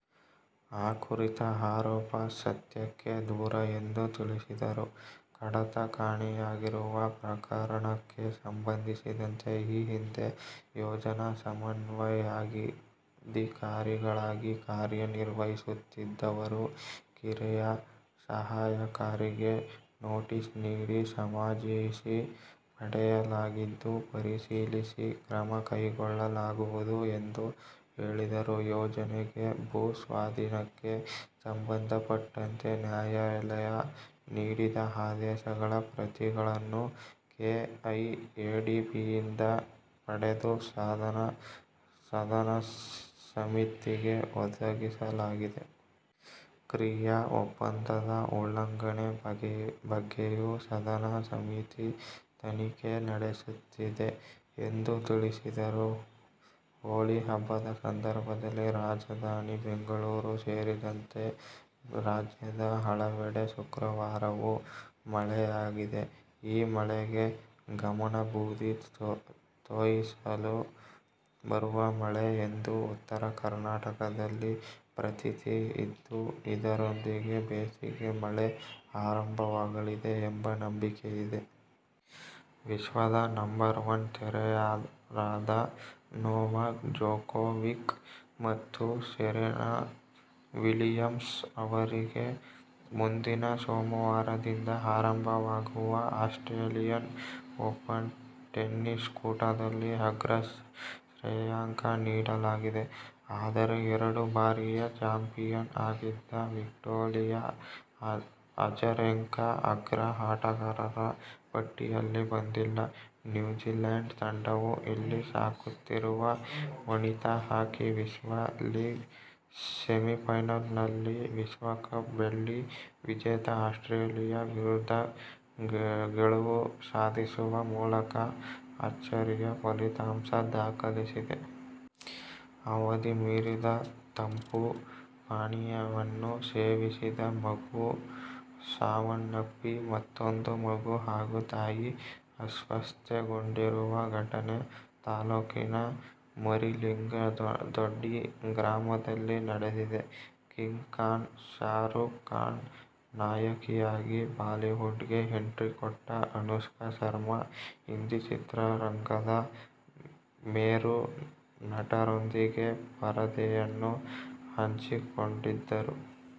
ಆ ಕುರಿತ ಆರೋಪ ಸತ್ಯಕ್ಕೆ ದೂರ ಎಂದು ತಿಳಿಸಿದರು. ಕಡತ ಕಾಣೆಯಾಗಿರುವ ಪ್ರಕರಣಕ್ಕೆ ಸಂಬಂಧಿಸಿದಂತೆ ಈ ಹಿಂದೆ ಯೋಜನಾ ಸಮನ್ವಯಾಧಿಕಾರಿಗಳಾಗಿ ಕಾರ್ಯ ನಿರ್ವಹಿಸುತ್ತಿದ್ದವರು, ಕಿರಿಯ ಸಹಾಯಕರಿಗೆ ನೋಟಿಸ್ ನೀಡಿ ಸಮಜಾಯಿಷಿ ಪಡೆಯಲಾಗಿದ್ದು ಪರಿಶೀಲಿಸಿ ಕ್ರಮ ಕೈಗೊಳ್ಳಲಾಗುವುದು ಎಂದು ಹೇಳಿದರು. ಯೋಜನೆಗೆ ಭೂ ಸ್ವಾಧೀನಕ್ಕೆ ಸಂಬಂಧಪಟ್ಟಂತೆ ನ್ಯಾಯಾಲಯ ನೀಡಿದ ಆದೇಶಗಳ ಪ್ರತಿಗಳನ್ನು ಕೆಐಎಡಿಬಿಯಿಂದ ಪಡೆದು ಸದನ ಸಮಿತಿಗೆ ಒದಗಿಸಲಾಗಿದೆ. ಕ್ರಿಯಾ ಒಪ್ಪಂದದ ಉಲ್ಲಂಘನೆ ಬಗ್ಗೆಯೂ ಸದನ ಸಮಿತಿ ತನಿಖೆ ನಡೆಸುತ್ತಿದೆ ಎಂದು ತಿಳಿಸಿದರು. ಹೋಳಿ ಹಬ್ಬದ ಸಂದರ್ಭದಲ್ಲಿ ರಾಜಧಾನಿ ಬೆಂಗಳೂರು ಸೇರಿದಂತೆ ರಾಜ್ಯದ ಹಲವೆಡೆ ಶುಕ್ರವಾರವೂ ಮಳೆಯಾಗಿದೆ. ಈ ಮಳೆಗೆ "ಕಾಮನ ಬೂದಿ ತೋಯಿಸಲು ಬರುವ ಮಳೆ' ಎಂದು ಉತ್ತರ ಕರ್ನಾಟಕದಲ್ಲಿ ಪ್ರತೀತಿ ಇದ್ದು, ಇದರೊಂದಿಗೆ ಬೇಸಿಗೆ ಮಳೆ ಆರಂಭವಾಗಲಿದೆ ಎಂಬ ನಂಬಿಕೆ ಇದೆ. ವಿಶ್ವದ ನಂಬರ್ ವನ್ ತಾರೆಯರಾದ ನೋವಾಕ್ ಜೊಕೋವಿಕ್ ಮತ್ತು ಸೆರೆನಾ ವಿಲಿಯಮ್ಸ್ ಅವರಿಗೆ ಮುಂದಿನ ಸೋಮವಾರದಿಂಧ ಆರಂಭವಾಗುವ ಆಸ್ಟ್ರೇಲಿಯನ್ ಓಪನ್ ಟೆನಿಸ್ ಕೂಟದಲ್ಲಿ ಅಗ್ರ ಶ್ರೇಯಾಂಕ ನೀಡಲಾಗಿದೆ. ಆದರೆ ಎರಡು ಬಾರಿಯ ಚಾಂಪಿಯನ್ ಆಗಿದ್ದ ವಿಕ್ಟೋಲಿಯ ಅಜರೆಂಕಾ ಅಗ್ರ ಆಟಗಾರರ ಪಟ್ಟಿಯಲ್ಲಿ ಬಂದಿಲ್ಲ. ನ್ಯೂಜಿಲ್ಯಾಂಡ್ ತಂಡವು ಇಲ್ಲಿ ಸಾಗುತ್ತಿರುವ ವನಿತಾ ಹಾಕಿ ವಿಶ್ವ ಲೀಗ್ ಸೆಮಿಫೈನಲ್ಸ್ನಲ್ಲಿ ವಿಶ್ವ ಕಪ್ ಬೆಳ್ಳಿ ವಿಜೇತ ಆಸ್ಟ್ರೇಲಿಯ ವಿರುದ್ಧ ಗೆಲುವು ಸಾಧಿಸುವ ಮೂಲಕ ಅಚ್ಚರಿಯ ಫಲಿತಾಂಶ ದಾಖಲಿಸಿದೆ. ಅವಧಿ ಮೀರಿದ ತಂಪು ಪಾನೀಯವನ್ನು ಸೇವಿಸಿದ ಮಗು ಸಾವನ್ನಪ್ಪಿ, ಮತ್ತೂಂದು ಮಗು ಹಾಗೂ ತಾಯಿ ಅಸ್ವಸ್ಥಗೊಂಡಿರುವ ಘಟನೆ ತಾಲೂಕಿನ ಮರಿಲಿಂಗನದೊಡ್ಡಿ ಗ್ರಾಮದಲ್ಲಿ ನಡೆದಿದೆ. ಕಿಂಗ್ ಖಾನ್ ಶಾರೂಕ್ ಖಾನ್ ನಾಯಕಿಯಾಗಿ ಬಾಲಿವುಡ್ ಗೆ ಎಂಟ್ರಿ ಕೊಟ್ಟ ಅನುಷ್ಕಾ ಶರ್ಮಾ ಹಿಂದಿ ಚಿತ್ರರಂಗದ ಮೇರು ನಟರೊಂದಿಗೆ ಪರದೆಯನ್ನು ಹಂಚಿಕೊಂಡಿದ್ದರು.